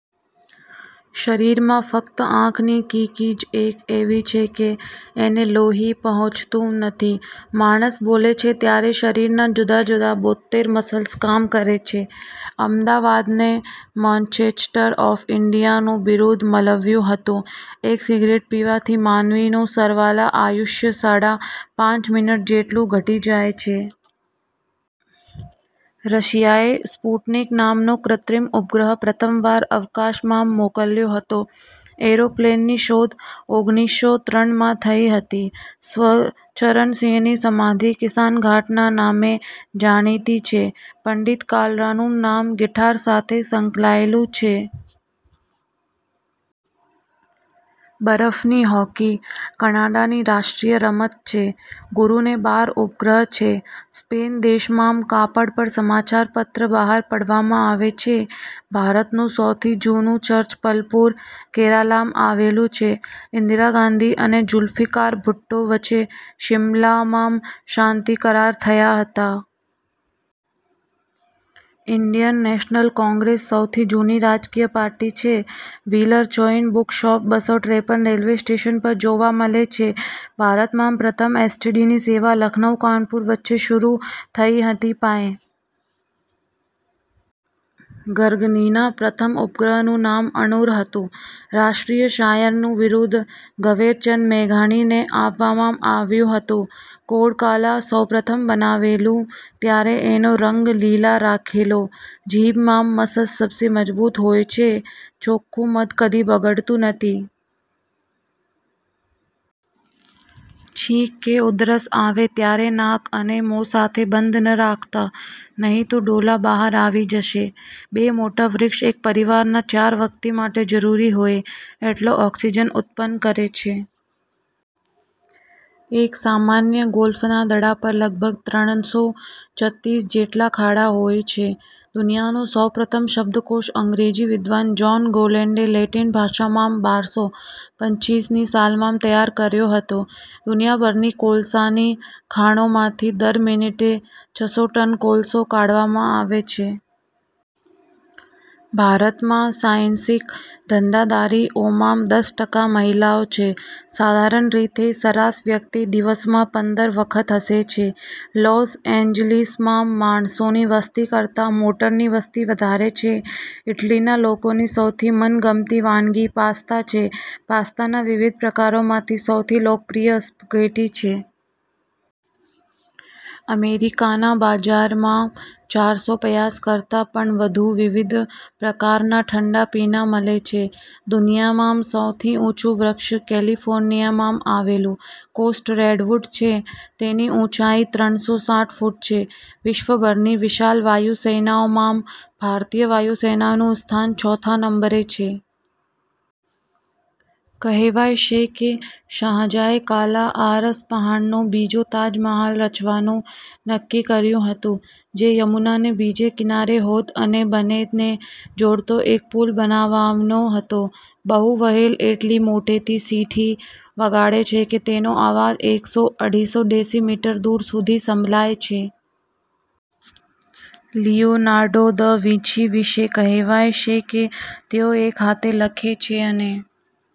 શરીરમાં ફક્ત આંખની કીકી જ એક એવી છે કે એને લોહી પહોંચતું નથી. માણસ બોલે છે ત્યારે શરીરના જુદાજુદા બોતેર મસલ્સ કામ કરે છે. અમદાવાદને 'માંચેસ્ટર ઑફ ઈંડિયા'નું બિરુદ મલવ્યું હતું. એક સિગરેટ પીવાથી માનવીનું સરવાલા આયુષ્ય સાડા પાંચ મિનિટ જેટલું વધી જાય છે. રશિયાએ 'સ્પુટનિક' નામનો કૃત્રિમ ઉપગ્રહ પ્રથમવાર અવકાશમાં મોકલ્યો હતો. ઍરોપ્લેનની શોધ ઓગણીસ સો ત્રણ માં થઈ હતી. સ્વ. ચરણસિંહની સમાધિ 'કિસાન ઘાટ' ના નામે જાણીતી છે. પંડિત કાબરાનું નામ 'ગિટાર' સાથે સંકળાયેલુ છે. 'બરફ્ની હૉકી' કૅનેડાની રાષ્ટ્રીય રમત છે. ગુરુને બાર ઉપગ્રહ છે. સ્પેન દેશમાં કાપડ પર સમાચાર પત્ર બહાર પાડવામાં આવે છે. ભારતનું સૌથી જૂનું ચર્ચ પલપુર-કેરાલામાં આવેલું છે. ઈંદિરા ગાંધી અને ઝુલ્ફીકાર ભુત્તો વચ્ચે સિમલામાં શંતિ કરાર થયા હતા. 'ઈંડિયન નેશનલ કૉંગ્રેસ' સૌથી જૂની રાજકીય પાર્ટી છે. 'વ્હીલર' જોઈન બુકશોપ બસો ત્રેપન રેલ્વે સ્ટેશન પર જોવા મળે છે. ભારતમાં પ્રથમ એસ. ટી. ડી. ની સેવા લખનૌ-કાનપુર વચ્ચે શરુ થઈ હતી. પાય. જર્મનીના પ્રથમ ઉપગ્રહનું નામ અઝુર હતું. રાષ્ટ્રીય શાયરનું બિરુદ 'ઝવેરચંદ મેઘાણી'ને આપવામાં આવ્યું હતું. કોકાકોલા સૌપ્રથમ બનાવાયેલું ત્યારે એનો રંગ લીલો રાખેલો. જીભનાં મસલ્સ સૌથી મજબૂત હોય છે. ચોખ્ખુ મધ કદી બગડતું નથી. છીંક કે ઉધરસ આવે ત્યારે નાક અને મોં સાથે બંધ ન રાખતા નહીં તો ડોળા બહાર આવી જશે. બે મોટા વૃક્ષ એક પરિવારના ચાર વ્યક્તિ માટે જરૂરી હોય એટલો ઑક્સિજન ઉત્પન્ન કરે છે. એક સામાન્ય ગોલ્ફના દડા પર લગભગ ત્રણસો છત્રીસ જેટલા ખાડા હોય છે. દુનિયાનો સૌપ્રથમ શબ્દકોષ અંગ્રેજી વિદ્વાન જોન ગોલેન્ડે લેટિન ભાષામાં બારસો પચીસ ની સાલમાં તૈયાર કર્યો હતો. દુનિયાભરની કોલસાની ખાણોમાંથી દર મિનિટે છસો ટન કોલસો કાઢવામાં આવે છે. ભારતમાં સાહસિક ધંધાદારીઓમાં દસ ટકા મહિલાઓ છે. સાધારણ રીતે સરેરાશ વ્યક્તિ દિવસમાં પંદર વખત હસે છે. લૉસ ઍજલિસમાં માણસોની વસ્તિ કરતાં મોટરોની વસ્તિ વધારે છે. ઈટાલીના લોકોની સૌથી મનગમતી વાનગી 'પાસ્તા' છે. પાસ્તાના વિવિધ પ્રકારોમાં સૌથી લોકપ્રિય સ્પ્રેટી છે. અમેરિકાના બજારમાં ચારસો પયાસ કરતા પણ વધુ વિવિધ પ્રકારના ઠંડા પીણા મળે છે. દુનિયામાં સૌથી ઊંચું વૃક્ષ કેલિફોર્નિયામાં આવેલું કોસ્ટ રેડ્વૂડ છે. તેની ઊંચાઈ ત્રણસો સાઠ ફૂટ છે. વિશ્વભરની વિશાળ વાયુસેનાઓમાં ભારતીય વાયુસેનાનું સ્થાન ચોથા નંબરે છે. કહેવાય છે કે શાહજહાએ કાળા આરસપહાણનો બીજો તાજ મહાલ રચવાનું નક્કી કર્યું હતું જે યમુનાને બીજે કિનારે હોત અને બંને ને જોડતો એક પુલ બનાવવાનો હતો. બ્લુ વ્હેલ એટલી મોટેથી સીટી વગાડે છે કે તેનો અવાજ એકસો અઠ્ઠયાસી ડેસી મીટર દૂર સુધી સંભળાય છે. લિયોનાર્ડો દ વિંશી વિષે કહેવાય છે કે તેઓ એક હાથે લખે છે અને